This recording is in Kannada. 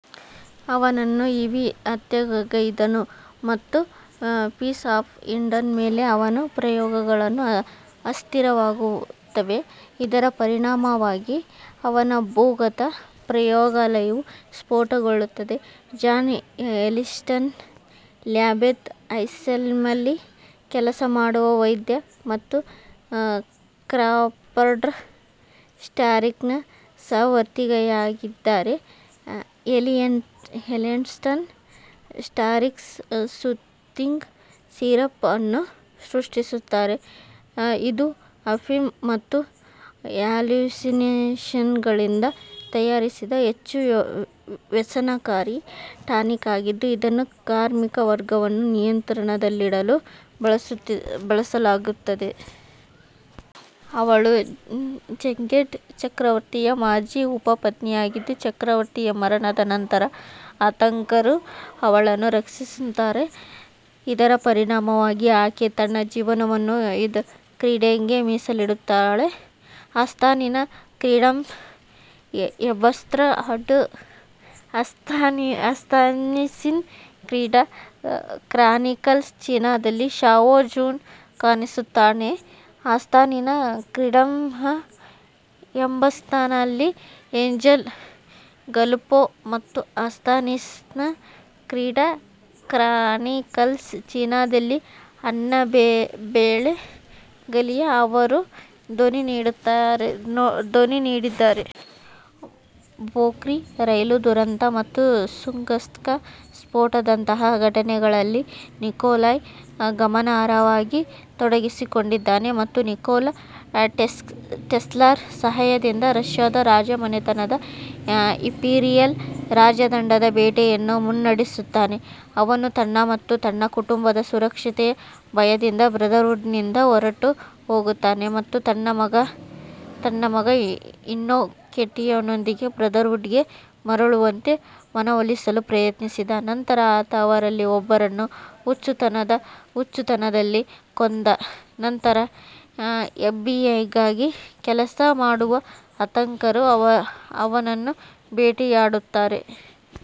ಅವನನ್ನು ಈವಿ ಹತ್ಯೆಗೈದನು, ಮತ್ತು ಪೀಸ್ ಆಫ್ ಈಡನ್ ಮೇಲಿನ ಅವನ ಪ್ರಯೋಗಗಳು ಅಸ್ಥಿರವಾಗುತ್ತವೆ, ಇದರ ಪರಿಣಾಮವಾಗಿ ಅವನ ಭೂಗತ ಪ್ರಯೋಗಾಲಯವು ಸ್ಫೋಟಗೊಳ್ಳುತ್ತದೆ. ಜಾನ್ ಎಲಿಯಟ್ಸನ್ ಲ್ಯಾಂಬೆತ್ ಅಸೈಲಮ್ನಲ್ಲಿ ಕೆಲಸ ಮಾಡುವ ವೈದ್ಯ ಮತ್ತು ಕ್ರಾಫರ್ಡ್ ಸ್ಟಾರ್ರಿಕ್ನ ಸಹವರ್ತಿಯಾಗಿದ್ದಾರೆ. ಎಲಿಯಟ್ಸನ್ "ಸ್ಟಾರ್ರಿಕ್ಸ್ ಸೂಥಿಂಗ್ ಸಿರಪ್" ಅನ್ನು ಸೃಷ್ಟಿಸುತ್ತಾರೆ, ಇದು ಅಫೀಮು ಮತ್ತು ಹ್ಯಾಲುಸಿನೋಜೆನ್ಗಳಿಂದ ತಯಾರಿಸಿದ ಹೆಚ್ಚು-ವ್ಯಸನಕಾರಿ ಟಾನಿಕ್ ಆಗಿದ್ದು, ಇದನ್ನು ಕಾರ್ಮಿಕ ವರ್ಗವನ್ನು ನಿಯಂತ್ರಣದಲ್ಲಿಡಲು ಬಳಸಲಾಗುತ್ತದೆ. ಅವಳು ಝೆಂಗ್ಡೆ ಚಕ್ರವರ್ತಿಯ ಮಾಜಿ ಉಪಪತ್ನಿಯಾಗಿದ್ದು, ಚಕ್ರವರ್ತಿಯ ಮರಣದ ನಂತರ ಹಂತಕರು ಅವಳನ್ನು ರಕ್ಷಿಸುತ್ತಾರೆ. ಇದರ ಪರಿಣಾಮವಾಗಿ, ಆಕೆ ತನ್ನ ಜೀವನವನ್ನು ಕ್ರೀಡ್ಗೆ ಮೀಸಲಿಡುತ್ತಾಳೆ. Assassin's Creed Embers and Assassin's Creed Chronicles ಚೀನಾದಲ್ಲಿ ಶಾವೊ ಜುನ್ ಕಾಣಿಸಿಕೊಳ್ಳುತ್ತಾನೆ. ಅಸ್ಸಾಸಿನ್ಸ್ ಕ್ರೀಡ್ಃ ಎಂಬರ್ಸ್ನಲ್ಲಿ ಏಂಜೆಲಾ ಗಲುಪ್ಪೋ ಮತ್ತು ಅಸ್ಸಾಸಿನ್ಸ್ ಕ್ರೀಡ್ ಕ್ರಾನಿಕಲ್ಸ್ಃ ಚೀನಾದಲ್ಲಿ ಅನ್ನಾಬೆಲ್ಲೆ ಗಲಿಯಾ ಅವರು ಧ್ವನಿ ನೀಡಿದ್ದಾರೆ. ಬೊರ್ಕಿ ರೈಲು ದುರಂತ ಮತ್ತು ತುಂಗುಸ್ಕಾ ಸ್ಫೋಟದಂತಹ ಘಟನೆಗಳಲ್ಲಿ ನಿಕೊಲಾಯ್ ಗಮನಾರ್ಹವಾಗಿ ತೊಡಗಿಸಿಕೊಂಡಿದ್ದಾನೆ ಮತ್ತು ನಿಕೋಲಾ ಟೆಸ್ಲಾರ ಸಹಾಯದಿಂದ ರಷ್ಯಾದ ರಾಜಮನೆತನದ ಇಂಪೀರಿಯಲ್ ರಾಜದಂಡದ ಬೇಟೆಯನ್ನು ಮುನ್ನಡೆಸುತ್ತಾನೆ. ಅವನು ತನ್ನ ಮತ್ತು ತನ್ನ ಕುಟುಂಬದ ಸುರಕ್ಷತೆಯ ಭಯದಿಂದ ಬ್ರದರ್ಹುಡ್ನಿಂದ ಹೊರಟು ಹೋಗುತ್ತಾನೆ ಮತ್ತು ತನ್ನ ಮಗ ಇನ್ನೊಕೆಂಟಿಯೊಂದಿಗೆ ಬ್ರದರ್ಹುಡ್ಗೆ ಮರಳುವಂತೆ ಮನವೊಲಿಸಲು ಪ್ರಯತ್ನಿಸಿದ ನಂತರ ಆತ ಅವರಲ್ಲಿ ಒಬ್ಬನನ್ನು ಹುಚ್ಚುತನದ ಹುಚ್ಚುತನದಲ್ಲಿ ಕೊಂದ ನಂತರ ಎಫ್ಬಿಐಗಾಗಿ ಕೆಲಸ ಮಾಡುವ ಹಂತಕರು ಅವನನ್ನು ಬೇಟೆಯಾಡುತ್ತಾರೆ.